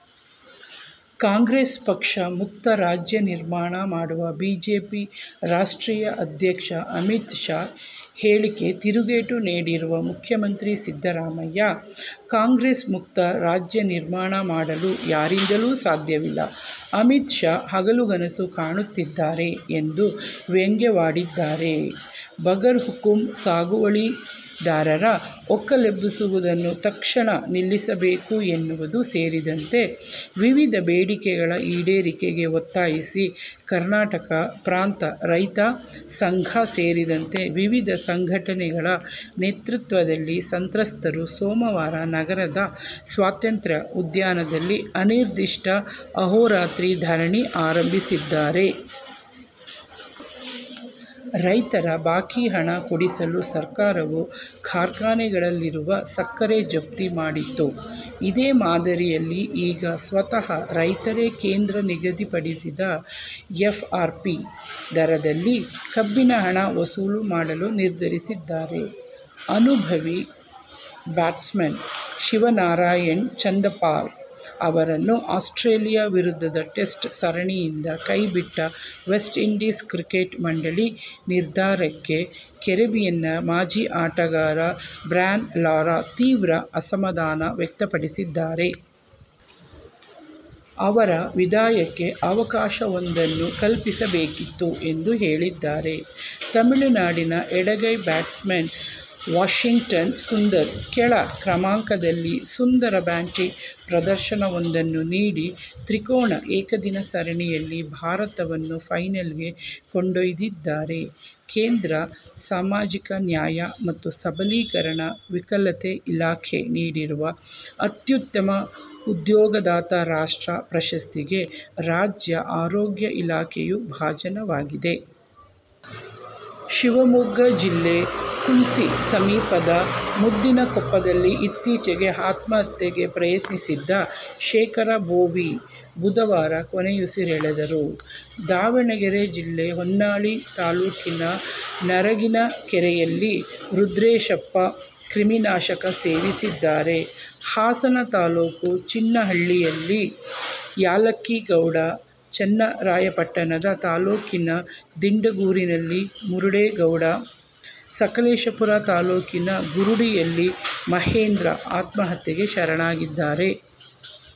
ಕಾಂಗ್ರೆಸ್ ಪಕ್ಷ ಮುಕ್ತ ರಾಜ್ಯ ನಿರ್ಮಾಣ ಮಾಡುವ ಬಿಜೆಪಿ ರಾಷ್ಟ್ರೀಯ ಅದ್ಯಕ್ಷ ಅಮಿತ್ ಶಾ ಹೇಳಿಕೆ ತಿರುಗೇಟು ನೀಡಿರುವ ಮುಖ್ಯಮಂತ್ರಿ ಸಿದ್ದರಾಮಯ್ಯ, ಕಾಂಗ್ರೆಸ್ ಮುಕ್ತ ರಾಜ್ಯ ನಿರ್ಮಾಣ ಮಾಡಲು ಯಾರಿಂದಲೂ ಸಾಧ್ಯವಿಲ್ಲ. ಅಮಿತ್ ಶಾ ಹಗಲು ಗನಸು ಕಾಣುತ್ತಿದ್ದಾರೆ ಎಂದು ವ್ಯಂಗ್ಯವಾಡಿದ್ದಾರೆ. ಬಗರ್ಹುಕುಂ ಸಾಗುವಳಿದಾರರ ಒಕ್ಕಲೆಬ್ಬಿಸುವುದನ್ನು ತಕ್ಷಣ ನಿಲ್ಲಿಸಬೇಕು ಎನ್ನುವುದು ಸೇರಿದಂತೆ ವಿವಿಧ ಬೇಡಿಕೆಗಳ ಈಡೇರಿಕೆಗೆ ಒತ್ತಾಯಿಸಿ ಕರ್ನಾಟಕ ಪ್ರಾಂತ ರೈತ ಸಂಘ ಸೇರಿದಂತೆ ವಿವಿಧ ಸಂಘಟನೆಗಳ ನೇತೃತ್ವದಲ್ಲಿ ಸಂತ್ರಸ್ತರು ಸೋಮವಾರ ನಗರದ ಸ್ವಾತಂತ್ರ್ಯ ಉದ್ಯಾನದಲ್ಲಿ ಅನಿರ್ದಿಷ್ಟ ಅಹೋರಾತ್ರಿ ಧರಣಿ ಆರಂಭಿಸಿದ್ದಾರೆ. ರೈತರ ಬಾಕಿ ಹಣ ಕೊಡಿಸಲು ಸರ್ಕಾರವು ಕಾರ್ಖಾನೆಗಳಲ್ಲಿರುವ ಸಕ್ಕರೆ ಜಪ್ತಿ ಮಾಡಿತ್ತು. ಇದೇ ಮಾದರಿಯಲ್ಲಿ ಈಗ ಸ್ವತಃ ರೈತರೇ ಕೇಂದ್ರ ನಿಗದಿಪಡಿಸಿದ ಎಫ್ಆರ್ಪಿ ದರದಲ್ಲಿ ಕಬ್ಬಿನ ಹಣ ವಸೂಲು ಮಾಡಲು ನಿರ್ಧರಿಸಿದ್ದಾರೆ. ಅನುಭವಿ ಬ್ಯಾಟ್ಸ್ಮನ್ ಶಿವನಾರಾಯಣ್ ಚಂದರ್ಪಾಲ್ ಅವರನ್ನು ಆಸ್ಟ್ರೇಲಿಯ ವಿರುದ್ಧದ ಟೆಸ್ಟ್ ಸರಣಿಯಿಂದ ಕೈಬಿಟ್ಟ ವೆಸ್ಟ್ ಇಂಡೀಸ್ ಕ್ರಿಕೆಟ್ ಮಂಡಳಿ ನಿರ್ಧಾರಕ್ಕೆ ಕೆರಿಬಿಯನ್ನ ಮಾಜಿ ಆಟಗಾರ ಬ್ರ್ಯಾನ್ ಲಾರಾ ತೀವ್ರ ಅಸಮಾಧಾನ ವ್ಯಕ್ತಪಡಿಸಿದ್ದಾರೆ. ಅವರ ವಿದಾಯಕ್ಕೆ ಅವಕಾಶವೊಂದನ್ನು ಕಲ್ಪಿಸಬೇಕಿತ್ತು ಎಂದು ಹೇಳಿದ್ದಾರೆ. ತಮಿಳುನಾಡಿನ ಎಡಗೈ ಬ್ಯಾಟ್ಸ್ಮನ್ ವಾಷಿಂಗ್ಟನ್ ಸುಂದರ್ ಕೆಳ ಕ್ರಮಾಂಕದಲ್ಲಿ ಸುಂದರ ಬ್ಯಾಟಿಂಗ್ ಪ್ರದರ್ಶನವೊಂದನ್ನು ನೀಡಿ ತ್ರಿಕೋನ ಏಕದಿನ ಸರಣಿಯಲ್ಲಿ ಭಾರತವನ್ನು ಫೈನಲಿಗೆ ಕೊಂಡೊಯ್ದಿದ್ದಾರೆ. ಕೇಂದ್ರ ಸಮಾಜಿಕ ನ್ಯಾಯ ಮತ್ತು ಸಬಲೀಕರಣ ವಿಕಲತೆ ಇಲಾಖೆ ನೀಡುವ "ಅತ್ಯುತ್ತಮ ಉದ್ಯೋಗದಾತ ರಾಷ್ಟ್ರ ಪ್ರಶಸ್ತಿಗೆ' ರಾಜ್ಯ ಆರೋಗ್ಯ ಇಲಾಖೆಯು ಭಾಜನವಾಗಿದೆ. ಶಿವಮೊಗ್ಗ ಜಿಲ್ಲೆ ಕುಂಸಿ ಸಮೀಪದ ಮುದ್ದಿನಕೊಪ್ಪದಲ್ಲಿ ಇತ್ತೀಚೆಗೆ ಆತ್ಮಹತ್ಯೆಗೆ ಯತ್ನಿಸಿದ್ದ ಶೇಖರ ಬೋವಿ ಬುಧವಾರ ಕೊನೆಯುಸಿರೆಳೆದರು. ದಾವಣಗೆರೆ ಜಿಲ್ಲೆ ಹೊನ್ನಾಳಿ ತಾಲೂಕಿನ ನರಗಿನಕೆರೆಯಲ್ಲಿ ರುದ್ರೇಶಪ್ಪ ಕ್ರಿಮಿನಾಶಕ ಸೇವಿಸಿದ್ದಾರೆ. ಹಾಸನ ತಾಲೂಕು ಜಿನ್ನಹಳ್ಳಿಯಲ್ಲಿ ಯಾಲಕ್ಕಿಗೌಡ, ಚನ್ನರಾಯಪಟ್ಟನ ತಾಲೂಕಿನ ದಿಂಡಗೂರಿನಲ್ಲಿ ಮರುಗೇಗೌಡ, ಸಕಲೇಶಪುರ ತಾಲೂಕಿನ ಗುರುಡಿಯಲ್ಲಿ ಮಹೇಂದ್ರ ಆತ್ಮಹತ್ಯೆಗೆ ಶರಣಾಗಿದ್ದಾರೆ.